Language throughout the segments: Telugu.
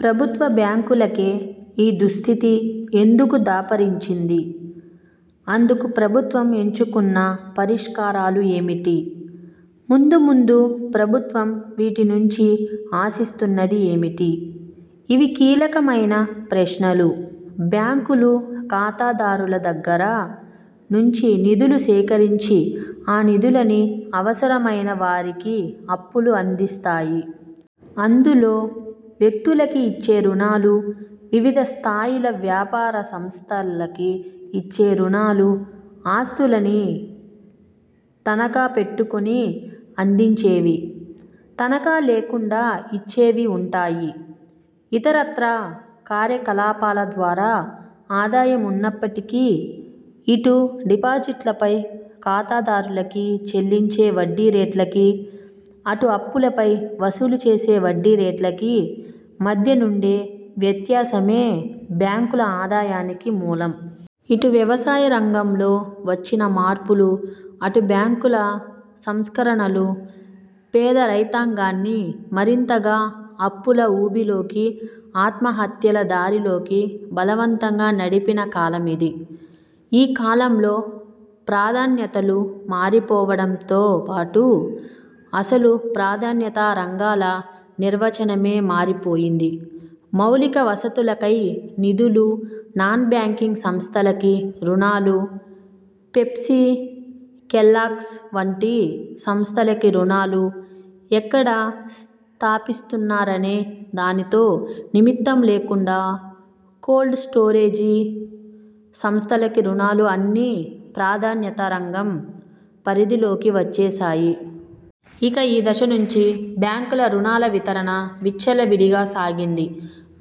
ప్రభుత్వ బ్యాంకులకే ఈ దుస్థితి ఎందుకు దాపురించింది? అందుకు ప్రభుత్వం ఎంచుకున్న పరిష్కారాలు ఏమిటి? ముందు, ముందు ప్రభుత్వం వీటి నుంచి ఆశిస్తున్నది ఏమిటి? ఇవి కీలకమైన ప్రశ్నలు. బ్యాంకులు ఖాతాదారుల దగ్గర నుంచి నిధులు సేకరించి, ఆ నిధులని అవసరమైన వారికి అప్పులు అందిస్తాయి. అందులో, వ్యక్తులకి ఇచ్చే రుణాలు, వివిధ స్థాయిల వ్యాపారసంస్థలకి ఇచ్చే రుణాలు, ఆస్తులని తనఖా పెట్టుకుని అందించేవి, తనఖా లేకుండా ఇచ్చేవి వుంటాయి. ఇతరత్రా కార్యకలాపాల ద్వారా ఆదాయం ఉన్నప్పటికీ, ఇటు డిపాజిట్లపై ఖాతాదారులకి చెల్లించే వడ్డీరేట్లకీ, అటు అప్పులపై వసూలు చేసే వడ్డీ రేట్లకీ మధ్యనుండే వ్యత్యాసమే బ్యాంకుల ఆదాయానికి మూలం. ఇటు వ్యవసాయరంగంలో వచ్చిన మార్పులు, అటు బ్యాంకుల సంస్కరణలు పేద రైతాంగాన్ని మరింతగా అప్పుల ఊబిలోకి, ఆత్మహత్యల దారిలోకి బలవంతంగా నడిపిన కాలమిది. ఈ కాలంలో ప్రాధాన్యతలు మారిపోవడంతో పాటు, అసలు 'ప్రాధాన్యతా రంగాల' నిర్వచనమే మారిపోయింది. మౌలిక వసతులకై నిధులు, నాన్ బ్యాంకింగ్ సంస్థలకి రుణాలు, పెప్సీ, కెల్లాగ్స్ వంటి సంస్థలకి రుణాలు, ఎక్కడ స్థాపిస్తున్నారనే దానితో నిమిత్తం లేకుండా కోల్డ్ స్టోరేజీ సంస్థలకి రుణాలు అన్నీ 'ప్రాధాన్యతా రంగం' పరిధిలోకి వచ్చేశాయి! ఇక ఈ దశ నుంచి, బ్యాంకుల రుణాల వితరణ విచ్చలవిడిగా సాగింది.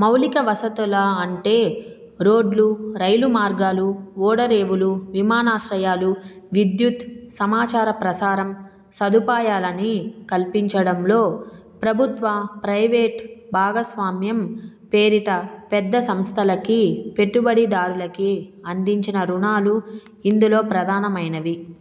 మౌలిక వసతులు అంటే – రోడ్లు, రైలు మార్గాలు, ఓడరేవులు, విమానాశ్రయాలు, విద్యుత్తు, సమాచార ప్రసారం సదుపాయాలని కల్పించడంలో – ప్రభుత్వ, ప్రైవేటు భాగస్వామ్యం పేరిట పెద్ద సంస్థలకీ, పెట్టుబడిదారులకీ అందించిన రుణాలు ఇందులో ప్రధానమైనవి.